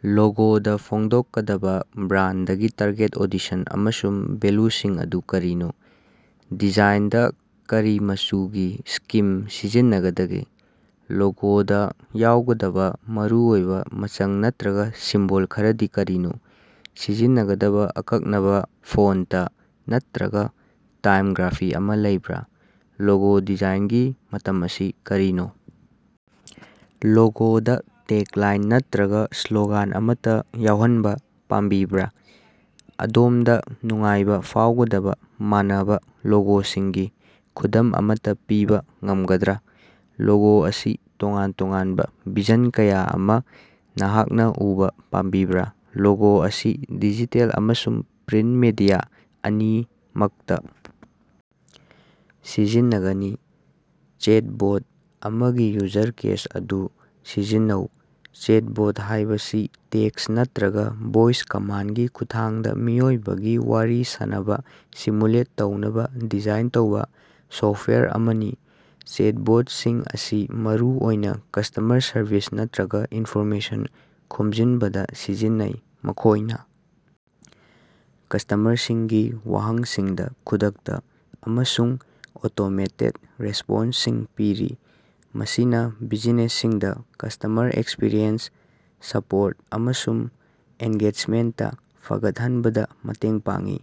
ꯂꯣꯒꯣꯗ ꯐꯣꯡꯗꯣꯛꯀꯗꯕ ꯕ꯭ꯔꯥꯟꯗꯒꯤ target audition ꯑꯃꯁꯨꯡ ꯚꯦꯂ꯭ꯌꯨꯁꯤꯡ ꯑꯗꯨ ꯀꯔꯤꯅꯣ? ꯗꯤꯖꯥꯏꯟꯗ ꯀꯔꯤ ꯃꯆꯨꯒꯤ ꯁ꯭ꯀꯤꯝ ꯁꯤꯖꯤꯟꯅꯒꯗꯒꯦ? ꯂꯣꯒꯣꯗ ꯌꯥꯎꯒꯗꯕ ꯃꯔꯨꯑꯣꯏꯕ ꯃꯆꯪ ꯅꯠꯇꯔꯒ ꯁꯤꯝꯕꯣꯜ ꯈꯔꯗꯤ ꯀꯔꯤꯅꯣ? ꯁꯤꯖꯤꯟꯅꯒꯗꯕ ꯑꯀꯛꯅꯕ ꯐꯣꯟꯇ ꯅꯠꯇꯔꯒ ꯇꯥꯏꯞꯒ꯭ꯔꯥꯐꯤ ꯑꯃ ꯂꯩꯕ꯭ꯔꯥ? ꯂꯣꯒꯣ ꯗꯤꯖꯥꯏꯟꯒꯤ ꯃꯇꯝ ꯑꯁꯤ ꯀꯔꯤꯅꯣ? ꯂꯣꯒꯣꯗ ꯇꯦꯒꯂꯥꯏꯟ ꯅꯠꯇꯔꯒ ꯁ꯭ꯂꯣꯒꯥꯟ ꯑꯃꯠꯇ ꯌꯥꯎꯍꯟꯕ ꯄꯥꯝꯕꯤꯕꯔꯥ? ꯑꯗꯣꯝꯗ ꯅꯨꯡꯉꯥꯏꯕ ꯐꯥꯎꯒꯗꯕ ꯃꯥꯟꯅꯕ ꯂꯣꯒꯣꯁꯤꯡꯒꯤ ꯈꯨꯗꯝ ꯑꯃꯠꯇ ꯄꯤꯕ ꯉꯝꯒꯗ꯭ꯔꯥ? ꯂꯣꯒꯣ ꯑꯁꯤ ꯇꯣꯉꯥꯟ ꯇꯣꯉꯥꯟꯕ ꯚꯔꯖꯟ ꯀꯌꯥ ꯑꯃ ꯅꯍꯥꯛꯅ ꯎꯕꯥ ꯄꯥꯝꯕꯤꯕꯔꯥ? ꯂꯣꯒꯣ ꯑꯁꯤ ꯗꯤꯖꯤꯇꯦꯜ ꯑꯃꯁꯨꯡ ꯄ꯭ꯔꯤꯟꯇ ꯃꯤꯗꯤꯌꯥ ꯑꯅꯤꯃꯛꯇ ꯁꯤꯖꯤꯟꯅꯒꯅꯤ꯫ ꯆꯦꯠꯕꯣꯠ ꯑꯃꯒꯤ ꯌꯨꯖꯔ ꯀꯦꯁ ꯑꯗꯨ ꯁꯤꯖꯤꯟꯅꯧ꯫ ꯆꯦꯠꯕꯣꯠ ꯍꯥꯏꯕꯁꯤ ꯇꯦꯛꯁꯠ ꯅꯠꯇꯔꯒ ꯚꯣꯏꯁ ꯀꯃꯥꯟꯗꯒꯤ ꯈꯨꯠꯊꯥꯡꯗ ꯃꯤꯑꯣꯏꯕꯒꯤ ꯋꯥꯔꯤ ꯁꯥꯟꯅꯕ ꯁꯤꯃꯨꯂꯦꯠ ꯇꯧꯅꯕ ꯗꯤꯖꯥꯏꯟ ꯇꯧꯕ ꯁꯣꯐ꯭ꯇꯋꯥꯌꯔ ꯑꯃꯅꯤ꯫ ꯆꯦꯠꯕꯣꯠꯁꯤꯡ ꯑꯁꯤ ꯃꯔꯨꯑꯣꯏꯅ ꯀꯁ꯭ꯇꯃꯔ ꯁꯔꯚꯤꯁ ꯅꯠꯇꯔꯒ ꯏꯟꯐꯣꯔꯃꯦꯁꯟ ꯈꯣꯝꯖꯤꯟꯕꯗ ꯁꯤꯖꯤꯟꯅꯩ꯫ ꯃꯈꯣꯏꯅ ꯀꯁ꯭ꯇꯃꯔꯁꯤꯡꯒꯤ ꯋꯥꯍꯪꯁꯤꯡꯗ ꯈꯨꯗꯛꯇ ꯑꯃꯁꯨꯡ ꯑꯣꯇꯣꯃꯦꯇꯦꯗ ꯔꯦꯁ꯭ꯄꯣꯟꯁꯁꯤꯡ ꯄꯤꯔꯤ, ꯃꯁꯤꯅ ꯕꯤꯖꯤꯅꯦꯁꯁꯤꯡꯗ ꯀꯁ꯭ꯇꯃꯔ ꯑꯦꯛꯁꯄ꯭ꯔꯤꯌꯦꯟꯁ, ꯁꯄꯣꯔꯠ ꯑꯃꯁꯨꯡ ꯑꯦꯡꯒꯦꯖꯃꯦꯟꯇ ꯐꯒꯠꯍꯟꯕꯗ ꯃꯇꯦꯡ ꯄꯥꯡꯏ꯫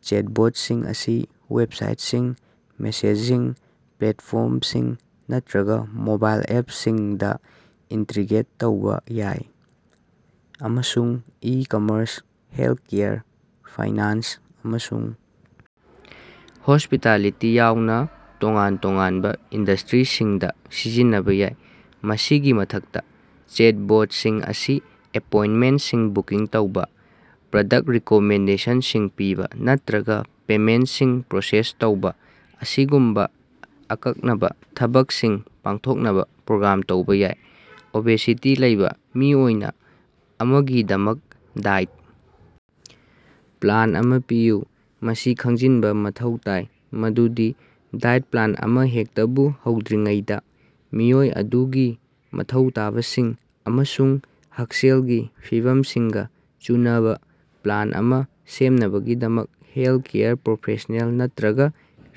ꯆꯦꯠꯕꯣꯠꯁꯤꯡ ꯑꯁꯤ ꯋꯦꯕꯁꯥꯏꯠꯁꯤꯡ, ꯃꯦꯁꯦꯖꯤꯡ ꯄ꯭ꯂꯦꯠꯐꯣꯔꯝꯁꯤꯡ ꯅꯠꯇꯔꯒ ꯃꯣꯕꯥꯏꯜ ꯑꯦꯞꯁꯤꯡꯗ ꯏꯟꯇꯤꯒ꯭ꯔꯦꯠ ꯇꯧꯕ ꯌꯥꯏ, ꯑꯃꯁꯨꯡ ꯏ-ꯀꯃꯔꯁ, ꯍꯦꯜꯊꯀꯦꯌꯔ, ꯐꯥꯏꯅꯥꯟꯁ, ꯑꯃꯁꯨꯡ ꯍꯣꯁꯄꯤꯇꯥꯂꯤꯇꯤ ꯌꯥꯎꯅ ꯇꯣꯉꯥꯟ ꯇꯣꯉꯥꯟꯕ ꯏꯟꯗꯁꯇꯔꯤꯁꯤꯡꯗ ꯁꯤꯖꯤꯟꯅꯕ ꯌꯥꯏ꯫ ꯃꯁꯤꯒꯤ ꯃꯊꯛꯇ, ꯆꯦꯠꯕꯣꯠꯁꯤꯡ ꯑꯁꯤ ꯑꯦꯄꯣꯏꯟꯇꯃꯦꯟꯇꯁꯤꯡ ꯕꯨꯀꯤꯡ ꯇꯧꯕ, ꯄ꯭ꯔꯗꯛꯇ ꯔꯤꯀꯃꯦꯟꯗꯦꯁꯟꯁꯤꯡ ꯄꯤꯕ ꯅꯠꯇꯔꯒ ꯄꯦꯃꯦꯟꯇꯁꯤꯡ ꯄ꯭ꯔꯣꯁꯦꯁ ꯇꯧꯕ ꯑꯁꯤꯒꯨꯝꯕ ꯑꯀꯛꯅꯕ ꯊꯕꯛꯁꯤꯡ ꯄꯥꯡꯊꯣꯛꯅꯕ ꯄ꯭ꯔꯣꯒ꯭ꯔꯥꯝ ꯇꯧꯕ ꯌꯥꯏ꯫ ꯑꯣꯕꯦꯁꯤꯇꯤ ꯂꯩꯕ ꯃꯤꯑꯣꯏꯅ ꯑꯃꯒꯤꯗꯃꯛ ꯗꯥꯏꯠ ꯄ꯭ꯂꯥꯟ ꯑꯃ ꯄꯤꯌꯨ꯫ ꯃꯁꯤ ꯈꯪꯖꯤꯅꯕ ꯃꯊꯧ ꯇꯥꯏ ꯃꯗꯨꯗꯤ ꯗꯥꯏꯠ ꯄ꯭ꯂꯥꯟ ꯑꯃꯍꯦꯛꯇꯕꯨ ꯍꯧꯗ꯭ꯔꯤꯉꯩꯗ, ꯃꯤꯑꯣꯏ ꯑꯗꯨꯒꯤ ꯃꯊꯧ ꯇꯥꯕꯁꯤꯡ ꯑꯃꯁꯨꯡ ꯍꯛꯁꯦꯜꯒꯤ ꯐꯤꯚꯝꯁꯤꯡꯒ ꯆꯨꯅꯕꯥ ꯄ꯭ꯂꯥꯟ ꯑꯃ ꯁꯦꯝꯅꯕꯒꯤꯗꯃꯛ ꯍꯦꯜꯊꯀꯦꯌꯔ ꯄ꯭ꯔꯣꯐꯦꯁꯅꯦꯜ ꯅꯠꯇꯔꯒ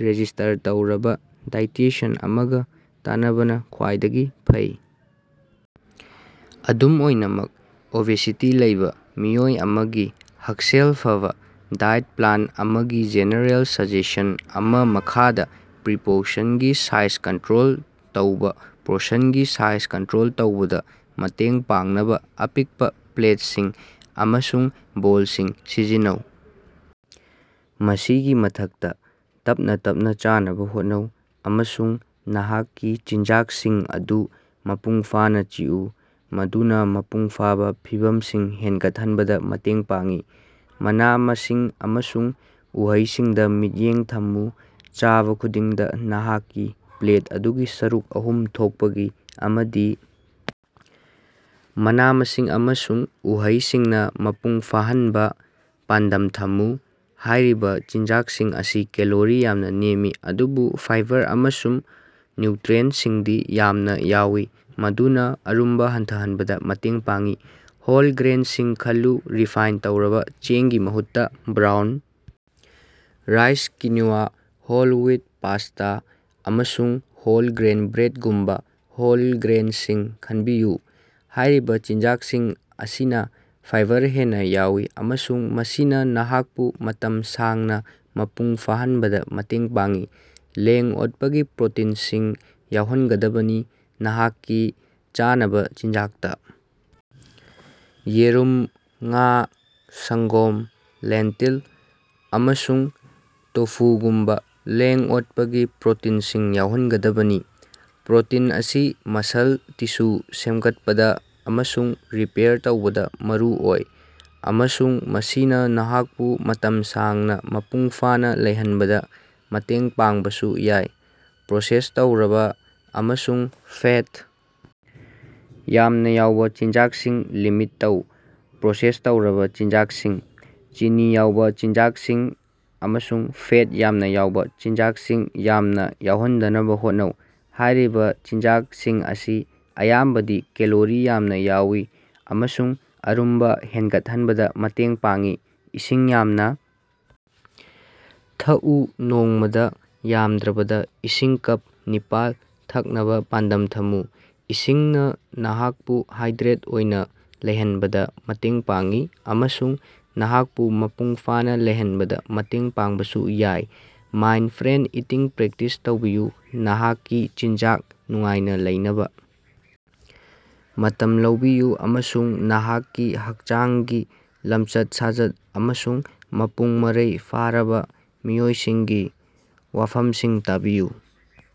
ꯔꯦꯖꯤꯁ꯭ꯇꯔ ꯇꯧꯔꯕ ꯗꯥꯏꯑꯦꯇꯤꯁꯤꯌꯟ ꯑꯃꯒ ꯇꯥꯟꯅꯕꯅ ꯈ꯭ꯋꯥꯏꯗꯒꯤ ꯐꯩ꯫ ꯑꯗꯨꯝ ꯑꯣꯏꯅꯃꯛ, ꯑꯣꯕꯦꯁꯤꯇꯤ ꯂꯩꯕ ꯃꯤꯑꯣꯏ ꯑꯃꯒꯤ ꯍꯛꯁꯦꯜ ꯐꯕꯥ ꯗꯥꯏꯠ ꯄ꯭ꯂꯥꯟ ꯑꯃꯒꯤ ꯖꯦꯅꯦꯔꯦꯜ ꯁꯖꯦꯁꯟ ꯑꯃꯥ ꯃꯈꯥꯗ ꯄ꯭ꯔꯤ - ꯄꯣꯔꯁꯟꯒꯤ ꯁꯥꯏꯖ ꯀꯟꯇꯔꯣꯜ ꯇꯧꯕ - ꯄꯣꯔꯁꯟꯒꯤ ꯁꯥꯏꯖ ꯀꯟꯇꯔꯣꯜ ꯇꯧꯕꯗ ꯃꯇꯦꯡ ꯄꯥꯡꯅꯕ ꯑꯄꯤꯛꯄ ꯄ꯭ꯂꯦꯠꯁꯤꯡ ꯑꯃꯁꯨꯡ ꯕꯣꯜꯁꯤꯡ ꯁꯤꯖꯤꯟꯅꯧ꯫ ꯃꯁꯤꯒꯤ ꯃꯊꯛꯇ, ꯇꯞꯅꯥ ꯇꯞꯅꯥ ꯆꯥꯅꯕ ꯍꯣꯠꯅꯧ ꯑꯃꯁꯨꯡ ꯅꯍꯥꯛꯀꯤ ꯆꯤꯟꯖꯥꯛꯁꯤꯡ ꯑꯗꯨ ꯃꯄꯨꯡꯐꯥꯅ ꯆꯤꯛꯎ, ꯃꯗꯨꯅ ꯃꯄꯨꯡꯐꯥꯕ ꯐꯤꯚꯝꯁꯤꯡ ꯍꯦꯟꯒꯠꯍꯟꯕꯗ ꯃꯇꯦꯡ ꯄꯥꯡꯏ꯫ ꯃꯅꯥ-ꯃꯁꯤꯡ ꯑꯃꯁꯨꯡ ꯎꯍꯩꯁꯤꯡꯗ ꯃꯤꯠꯌꯦꯡ ꯊꯝꯃꯨ - ꯆꯥꯕ ꯈꯨꯗꯤꯡꯗ ꯅꯍꯥꯛꯀꯤ ꯄ꯭ꯂꯦꯠ ꯑꯗꯨꯒꯤ ꯁꯔꯨꯛ ꯑꯍꯨꯝ ꯊꯣꯛꯄꯒꯤ ꯑꯃꯗꯤ ꯃꯅꯥ-ꯃꯁꯤꯡ ꯑꯃꯁꯨꯡ ꯎꯍꯩꯁꯤꯡꯅ ꯃꯄꯨꯡ ꯐꯥꯍꯟꯅꯕ ꯄꯥꯟꯗꯝ ꯊꯝꯃꯨ꯫ ꯍꯥꯏꯔꯤꯕ ꯆꯤꯟꯖꯥꯛꯁꯤꯡ ꯑꯁꯤ ꯀꯦꯂꯣꯔꯤ ꯌꯥꯝꯅ ꯅꯦꯝꯃꯤ, ꯑꯗꯨꯕꯨ ꯐꯤꯕꯔ ꯑꯃꯁꯨꯡ ꯅ꯭ꯌꯨꯇꯔꯤꯑꯦꯟꯇꯁꯤꯡꯗꯤ ꯌꯥꯝꯅ ꯌꯥꯎꯏ, ꯃꯗꯨꯅ ꯑꯔꯨꯝꯕ ꯍꯟꯊꯍꯟꯕꯗ ꯃꯇꯦꯡ ꯄꯥꯡꯏ꯫ ꯍꯣꯜ ꯒ꯭ꯔꯦꯟꯁꯤꯡ ꯈꯜꯂꯨ - ꯔꯤꯐꯥꯏꯟꯗ ꯇꯧꯔꯕ ꯆꯦꯡꯒꯤ ꯃꯍꯨꯠꯇ, brown rice, quinoa, whole wheat pasta, ꯑꯃꯁꯨꯡ ꯍꯣꯜ-ꯒ꯭ꯔꯦꯟ ꯕ꯭ꯔꯦꯗꯒꯨꯝꯕ ꯍꯣꯜ ꯒ꯭ꯔꯦꯟꯁꯤꯡ ꯈꯟꯕꯤꯌꯨ꯫ ꯍꯥꯏꯔꯤꯕ ꯆꯤꯟꯖꯥꯛꯁꯤꯡ ꯑꯁꯤꯅ ꯐꯥꯏꯕꯔ ꯍꯦꯟꯅ ꯌꯥꯎꯏ ꯑꯃꯁꯨꯡ ꯃꯁꯤꯅ ꯅꯍꯥꯛꯄꯨ ꯃꯇꯝ ꯁꯥꯡꯅ ꯃꯄꯨꯡ ꯐꯥꯍꯟꯕꯗ ꯃꯇꯦꯡ ꯄꯥꯡꯏ꯫ ꯂꯦꯡ-ꯑꯣꯠꯄꯒꯤ ꯄ꯭ꯔꯣꯇꯤꯟꯁꯤꯡ ꯌꯥꯎꯍꯟꯒꯗꯕꯅꯤ - ꯅꯍꯥꯛꯀꯤ ꯆꯥꯅꯕ ꯆꯤꯟꯖꯥꯛꯇ ꯌꯦꯔꯨꯝ, ꯉꯥ, ꯁꯪꯒꯣꯝ, ꯂꯦꯟꯇꯤꯜ, ꯑꯃꯁꯨꯡ ꯇꯣꯐꯨꯒꯨꯝꯕ ꯂꯦꯡ-ꯑꯣꯠꯄꯒꯤ ꯄ꯭ꯔꯣꯇꯤꯟꯁꯤꯡ ꯌꯥꯎꯍꯟꯒꯗꯕꯅꯤ꯫ ꯄ꯭ꯔꯣꯇꯤꯟ ꯑꯁꯤ ꯃꯁꯜ ꯇꯤꯁꯨ ꯁꯦꯝꯒꯠꯄꯗ ꯑꯃꯁꯨꯡ ꯔꯤꯄꯦꯌꯥꯔ ꯇꯧꯕꯗ ꯃꯔꯨꯑꯣꯏ, ꯑꯃꯁꯨꯡ ꯃꯁꯤꯅ ꯅꯍꯥꯛꯄꯨ ꯃꯇꯝ ꯁꯥꯡꯅ ꯃꯄꯨꯡ ꯐꯥꯅ ꯂꯩꯍꯟꯕꯗ ꯃꯇꯦꯡ ꯄꯥꯡꯕꯁꯨ ꯌꯥꯏ꯫ ꯄ꯭ꯔꯣꯁꯦꯁ ꯇꯧꯔꯕ ꯑꯃꯁꯨꯡ ꯐꯦꯠ ꯌꯥꯝꯅ ꯌꯥꯎꯕ ꯆꯤꯟꯖꯥꯛꯁꯤꯡ ꯂꯤꯃꯤꯠ ꯇꯧ- ꯄ꯭ꯔꯣꯁꯦꯁ ꯇꯧꯔꯕ ꯆꯤꯟꯖꯥꯛꯁꯤꯡ, ꯆꯤꯅꯤ ꯌꯥꯎꯕ ꯆꯤꯟꯖꯥꯛꯁꯤꯡ ꯑꯃꯁꯨꯡ ꯐꯦꯠ ꯌꯥꯝꯅ ꯌꯥꯎꯕ‌ ꯆꯤꯟꯖꯥꯛꯁꯤꯡ ꯌꯥꯝꯅ ꯌꯥꯎꯍꯟꯗꯅꯕ ꯍꯣꯠꯅꯧ꯫ ꯍꯥꯏꯔꯤꯕꯥ ꯆꯤꯟꯖꯥꯛꯁꯤꯡ ꯑꯁꯤ ꯑꯌꯥꯝꯕꯗꯤ ꯀꯦꯂꯣꯔꯤ ꯌꯥꯝꯅ ꯌꯥꯎꯏ ꯑꯃꯁꯨꯡ ꯑꯔꯨꯝꯕ ꯍꯦꯟꯒꯠꯍꯟꯕꯗ ꯃꯇꯦꯡ ꯄꯥꯡꯏ꯫ ꯏꯁꯤꯡ ꯌꯥꯝꯅ ꯊꯛꯎ - ꯅꯣꯡꯃꯥꯗ ꯌꯥꯝꯗ꯭ꯔꯕꯗ ꯏꯁꯤꯡ ꯀꯞ ꯅꯤꯄꯥꯜ ꯊꯛꯅꯕꯥ ꯄꯥꯟꯗꯝ ꯊꯝꯃꯨ꯫ ꯏꯁꯤꯡꯅ ꯅꯍꯥꯛꯄꯨ ꯍꯥꯏꯗ꯭ꯔꯦꯠ ꯑꯣꯏꯅ ꯂꯩꯍꯟꯕꯗ ꯃꯇꯦꯡ ꯄꯥꯡꯏ, ꯑꯃꯁꯨꯡ ꯅꯍꯥꯛꯄꯨ ꯃꯄꯨꯡꯐꯥꯅ ꯂꯩꯍꯟꯕꯗ ꯃꯇꯦꯡ ꯄꯥꯡꯕꯁꯨ ꯌꯥꯏ꯫ ꯃꯥꯏꯟꯗꯐ꯭ꯔꯦꯟꯗ ꯏꯇꯤꯡ ꯄ꯭ꯔꯦꯛꯇꯤꯁ ꯇꯧꯕꯤꯌꯨ - ꯅꯍꯥꯛꯀꯤ ꯆꯤꯟꯖꯥꯛ ꯅꯨꯡꯉꯥꯏꯅ ꯂꯩꯅꯕ ꯃꯇꯝ ꯂꯧꯕꯤꯌꯨ ꯑꯃꯁꯨꯡ ꯅꯍꯥꯛꯀꯤ ꯍꯛꯆꯥꯡꯒꯤ ꯂꯝꯆꯠ-ꯁꯥꯖꯠ ꯑꯃꯁꯨꯡ ꯃꯄꯨꯡ-ꯃꯔꯩ ꯐꯥꯔꯕ ꯃꯤꯑꯣꯏꯁꯤꯡꯒꯤ ꯋꯥꯐꯝꯁꯤꯡ ꯇꯥꯕꯤꯌꯨ꯫